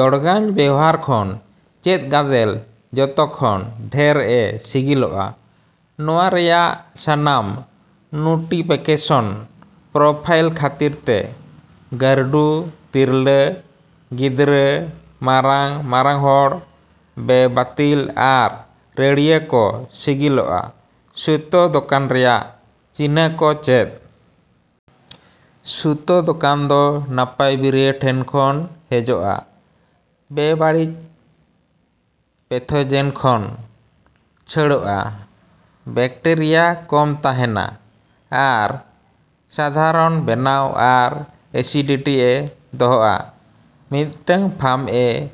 ᱫᱚᱲᱜᱟᱹᱧ ᱵᱮᱣᱦᱟᱨ ᱠᱷᱚᱱ ᱪᱮᱫ ᱜᱟᱫᱮᱞ ᱡᱚᱛᱚ ᱠᱷᱚᱱ ᱰᱷᱮᱨ ᱮ ᱥᱤᱜᱤᱞᱚᱜᱼᱟ? ᱱᱚᱶᱟ ᱨᱮᱭᱟᱜ ᱥᱟᱱᱟᱢ ᱱᱩᱴᱤᱯᱮᱠᱮᱥᱚᱱ ᱯᱚᱨᱯᱷᱟᱭᱤᱞ ᱠᱷᱟᱹᱛᱤᱨ ᱛᱮ ᱜᱟᱹᱨᱰᱩ ᱛᱤᱨᱞᱟᱹ, ᱜᱤᱫᱽᱨᱟᱹ, ᱢᱟᱨᱟᱝ, ᱢᱟᱨᱟᱝ ᱦᱚᱲ, ᱵᱮᱼᱵᱟᱹᱛᱤᱞ ᱟᱨ ᱨᱟᱹᱲᱤᱭᱟᱹ ᱠᱚ ᱥᱤᱜᱤᱞᱚᱜᱼᱟ᱾ ᱥᱩᱛᱚ ᱫᱳᱠᱟᱱ ᱨᱮᱭᱟᱜ ᱪᱤᱱᱦᱟᱹ ᱠᱚ ᱪᱮᱫ? ᱥᱩᱛᱚ ᱫᱳᱠᱟᱱ ᱫᱚ ᱱᱟᱯᱟᱭ ᱵᱤᱨᱤᱭᱟᱹ ᱴᱷᱮᱱ ᱠᱷᱚᱱ ᱦᱮᱡᱚᱜᱼᱟ, ᱵᱮᱼᱵᱟᱲᱤᱪ, ᱯᱮᱛᱷᱳᱡᱮᱱ ᱠᱷᱚᱱ ᱪᱷᱟᱹᱲᱚᱜᱼᱟ, ᱵᱮᱠᱴᱮᱨᱤᱭᱟ ᱠᱚᱢ ᱛᱟᱦᱮᱸᱱᱟ, ᱟᱨ ᱥᱟᱫᱷᱟᱨᱚᱱ ᱵᱮᱱᱟᱣ ᱟᱨ ᱮᱥᱤᱰᱤᱴᱤ ᱮ ᱫᱚᱦᱚᱼᱟ᱾ ᱢᱤᱫᱴᱟᱝ ᱯᱷᱟᱢ ᱨᱮ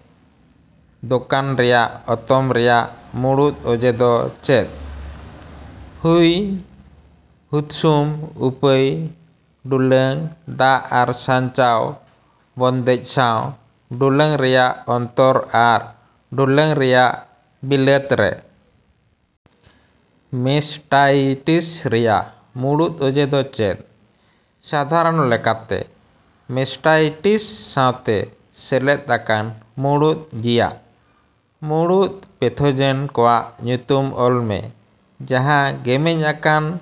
ᱫᱳᱠᱟᱱ ᱨᱮᱭᱟᱜ ᱚᱛᱚᱢ ᱨᱮᱭᱟᱜ ᱢᱩᱲᱩᱫ ᱚᱡᱮ ᱫᱚ ᱪᱮᱫ? ᱦᱚᱭ ᱦᱩᱫᱥᱩᱢ, ᱩᱯᱟᱹᱭ, ᱰᱩᱞᱟᱝ, ᱫᱟᱜ ᱟᱨ ᱥᱟᱧᱪᱟᱣ ᱵᱚᱱᱫᱮᱡ ᱥᱟᱶ ᱰᱩᱞᱟᱝ ᱨᱮᱭᱟᱜ ᱚᱱᱛᱚᱨ ᱟᱨ ᱰᱩᱞᱟᱝ ᱨᱮᱭᱟᱜ ᱵᱤᱞᱟᱹᱛ ᱨᱮ᱾ ᱢᱮᱥᱴᱟᱭᱴᱤᱥ ᱨᱮᱭᱟᱜ ᱢᱩᱲᱩᱫ ᱚᱡᱮ ᱫᱚ ᱪᱮᱫ? ᱥᱟᱫᱷᱟᱨᱚᱱ ᱞᱮᱠᱟᱛᱮ ᱢᱮᱥᱴᱟᱭᱴᱤᱥ ᱥᱟᱶᱛᱮ ᱥᱮᱞᱮᱫ ᱟᱠᱟᱱ ᱢᱩᱲᱩᱫ ᱡᱤᱭᱟᱜ᱾ ᱢᱩᱲᱩᱫ ᱯᱮᱛᱷᱳᱡᱮᱱ ᱠᱚᱣᱟᱜ ᱧᱩᱛᱩᱢ ᱚᱞ ᱢᱮ ᱡᱟᱦᱟᱸ ᱜᱮᱢᱮᱧ ᱟᱠᱟᱱ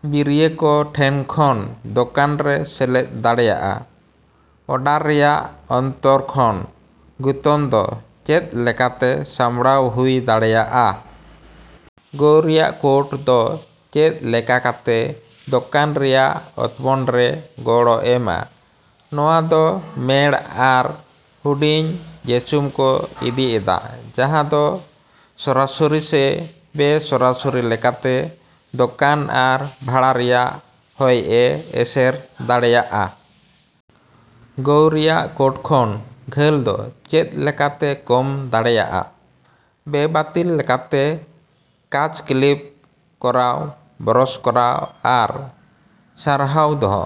ᱵᱤᱨᱤᱭᱟᱹ ᱠᱚ ᱴᱷᱮᱱ ᱠᱷᱚᱱ ᱫᱳᱠᱟᱱ ᱨᱮ ᱥᱮᱞᱮᱫ ᱫᱟᱲᱮᱭᱟᱜᱼᱟ᱾ ᱚᱰᱟᱨ ᱨᱮᱭᱟᱜ ᱚᱱᱛᱚᱨ ᱠᱷᱚᱱ ᱜᱩᱛᱚᱱ ᱫᱚ ᱪᱮᱫ ᱞᱮᱠᱟᱛᱮ ᱥᱟᱢᱲᱟᱣ ᱦᱩᱭ ᱫᱟᱲᱮᱭᱟᱜᱼᱟ? ᱜᱳᱣ ᱨᱮᱭᱟᱜ ᱠᱳᱴ ᱫᱚ ᱪᱮᱫ ᱞᱮᱠᱟ ᱠᱟᱛᱮ ᱫᱳᱠᱟᱱ ᱨᱮᱭᱟᱜ ᱚᱛᱢᱚᱱ ᱨᱮ ᱜᱚᱲᱚ ᱮᱢᱼᱟ? ᱱᱚᱶᱟ ᱫᱚ ᱢᱮᱲ ᱟᱨ ᱦᱩᱰᱤᱧ ᱡᱮᱹᱥᱩᱢ ᱠᱚ ᱤᱫᱤ ᱮᱫᱟ ᱡᱟᱦᱟᱸ ᱫᱚ ᱥᱚᱨᱟᱥᱚᱨᱤ ᱥᱮ ᱵᱮᱼᱥᱚᱨᱟᱥᱟᱹᱨᱤ ᱞᱮᱠᱟᱛᱮ ᱫᱳᱠᱟᱱ ᱟᱨ ᱵᱷᱟᱲᱟ ᱨᱮᱭᱟᱜ ᱦᱚᱭ ᱮ ᱮᱥᱮᱨ ᱫᱟᱲᱮᱹᱭᱟᱜᱼᱟ᱾ ᱜᱳᱭ ᱨᱮᱭᱟᱜ ᱠᱳᱴ ᱠᱷᱚᱱ ᱜᱷᱟᱹᱞ ᱫᱚ ᱪᱮᱫ ᱞᱮᱠᱟᱛᱮ ᱠᱚᱢ ᱫᱟᱲᱮᱭᱟᱜᱼᱟ? ᱵᱮᱼᱵᱟᱹᱛᱤᱞ ᱞᱮᱠᱟᱛᱮ ᱠᱟᱪ ᱠᱞᱤᱯ ᱠᱚᱨᱟᱣ, ᱵᱨᱚᱥ ᱠᱚᱨᱟᱣ ᱟᱨ ᱥᱟᱨᱦᱟᱶ ᱫᱚᱦᱚ᱾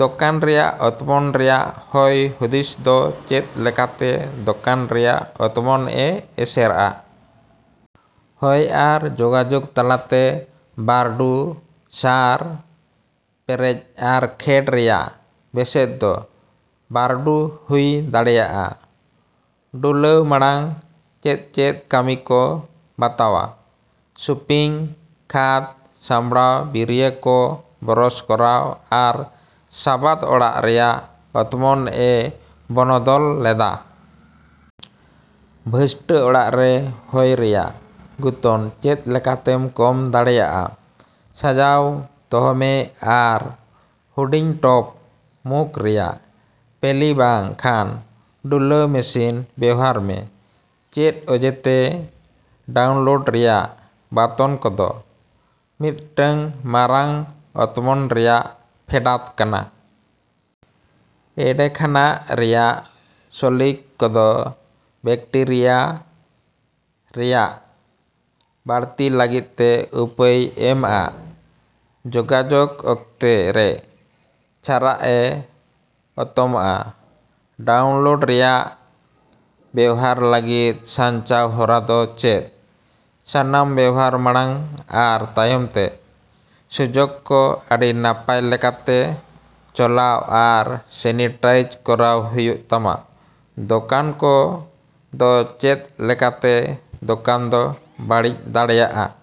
ᱫᱳᱠᱟᱱ ᱨᱮᱭᱟᱜ ᱚᱛᱢᱚᱱ ᱨᱮᱭᱟᱜ ᱦᱚᱭ ᱦᱩᱫᱤᱥ ᱫᱚ ᱪᱮᱫ ᱞᱮᱠᱟᱛᱮ ᱫᱳᱠᱟᱱ ᱨᱮᱭᱟᱜ ᱚᱛᱢᱚᱱ ᱮ ᱮᱥᱮᱨᱼᱟ? ᱦᱚᱭ ᱟᱨ ᱡᱳᱜᱟᱡᱳᱜ ᱛᱟᱞᱟᱛᱮ ᱫᱟᱹᱨᱰᱩ, ᱥᱟᱨ, ᱯᱮᱨᱮᱪ ᱟᱨ ᱠᱷᱮᱹᱰ ᱨᱮᱭᱟᱜ ᱵᱮᱹᱥᱮᱫ ᱫᱚ ᱫᱟᱹᱨᱰᱩ ᱦᱩᱭ ᱫᱟᱲᱮᱭᱟᱜᱼᱟ᱾ ᱰᱩᱞᱟᱹᱣ ᱢᱟᱲᱟᱝ ᱪᱮᱫ ᱪᱮᱫ ᱠᱟᱹᱢᱤ ᱠᱚ ᱵᱟᱛᱟᱣᱟ᱾ ᱥᱩᱯᱤᱝ, ᱠᱷᱟᱹᱫᱽ ᱥᱟᱢᱵᱲᱟᱣ, ᱵᱤᱨᱤᱭᱟᱹ ᱠᱚ ᱵᱨᱚᱥ ᱠᱚᱨᱟᱣ, ᱟᱨ ᱥᱟᱵᱟᱫ ᱚᱲᱟᱜ ᱨᱮᱭᱟᱜ ᱚᱛᱢᱚᱱ ᱮ ᱵᱚᱱᱚᱫᱚᱞ ᱞᱮᱫᱟ᱾ ᱵᱷᱟᱥᱴᱟᱹ ᱚᱲᱟᱜ ᱨᱮ ᱦᱚᱭ ᱨᱮᱭᱟᱜ ᱜᱩᱛᱚᱱ ᱪᱮᱫ ᱞᱮᱠᱟᱛᱮ ᱠᱚᱢ ᱫᱟᱲᱮᱭᱟᱜᱼᱟ? ᱥᱟᱡᱟᱣ ᱫᱚᱦᱚ ᱢᱮ ᱟᱨ ᱦᱩᱰᱤᱧᱼᱴᱚᱯ ᱢᱩᱠ ᱨᱮᱭᱟᱜ ᱯᱮᱞᱤ ᱵᱟᱝ ᱠᱷᱟᱱ ᱰᱩᱞᱟᱹᱣ ᱢᱮᱥᱤᱱ ᱵᱮᱣᱦᱟᱨ ᱢᱮ᱾ ᱪᱮᱫ ᱚᱡᱮᱛᱮ ᱰᱟᱣᱩᱱᱞᱳᱰ ᱨᱮᱭᱟᱜ ᱵᱟᱛᱚᱱ ᱠᱚᱫᱚ ᱢᱤᱫᱴᱟᱝ ᱢᱟᱨᱟᱝ ᱚᱛᱢᱚᱱ ᱨᱮᱭᱟᱜ ᱯᱷᱮᱰᱟᱛ ᱠᱟᱱᱟ? ᱚᱰᱮᱠᱷᱟᱱᱟᱜ ᱨᱮᱭᱟᱜ ᱥᱚᱞᱤᱠ ᱠᱚᱫᱚ ᱵᱮᱠᱴᱤᱨᱤᱭᱟ ᱨᱮᱭᱟᱜ ᱵᱟᱹᱲᱛᱤ ᱞᱟᱹᱜᱤᱫ ᱛᱮ ᱩᱯᱟᱹᱭ ᱮᱢᱼᱟ, ᱡᱳᱜᱟᱡᱳᱜ ᱚᱠᱛᱮ ᱨᱮ ᱪᱷᱟᱹᱨᱟᱜ ᱮ ᱚᱛᱚᱢᱼᱟ᱾ ᱰᱟᱣᱩᱱᱞᱳᱰ ᱨᱮᱭᱟᱜ ᱵᱮᱣᱦᱟᱨ ᱞᱟᱹᱜᱤᱫ ᱥᱟᱧᱪᱟᱣ ᱦᱚᱨᱟ ᱫᱚ ᱪᱮᱫ? ᱥᱟᱱᱟᱢ ᱵᱮᱣᱦᱟᱨ ᱢᱟᱲᱟᱝ ᱟᱨ ᱛᱟᱭᱚᱢ ᱛᱮ ᱥᱩᱡᱚᱠ ᱫᱚ ᱟᱹᱰᱤ ᱱᱟᱯᱟᱭ ᱞᱮᱠᱟᱛᱮ ᱪᱚᱞᱟᱣ ᱟᱨ ᱥᱮᱱᱤᱴᱟᱭᱤᱡᱽ ᱠᱚᱨᱟᱣ ᱦᱩᱭᱩᱜ ᱛᱟᱢᱟ᱾ ᱫᱳᱠᱟᱱ ᱠᱚ ᱫᱚ ᱪᱮᱫ ᱞᱮᱠᱟᱛᱮ ᱫᱳᱠᱟᱱ ᱫᱚ ᱵᱟᱹᱲᱤᱡ ᱫᱟᱲᱮᱭᱟᱜᱼᱟ᱾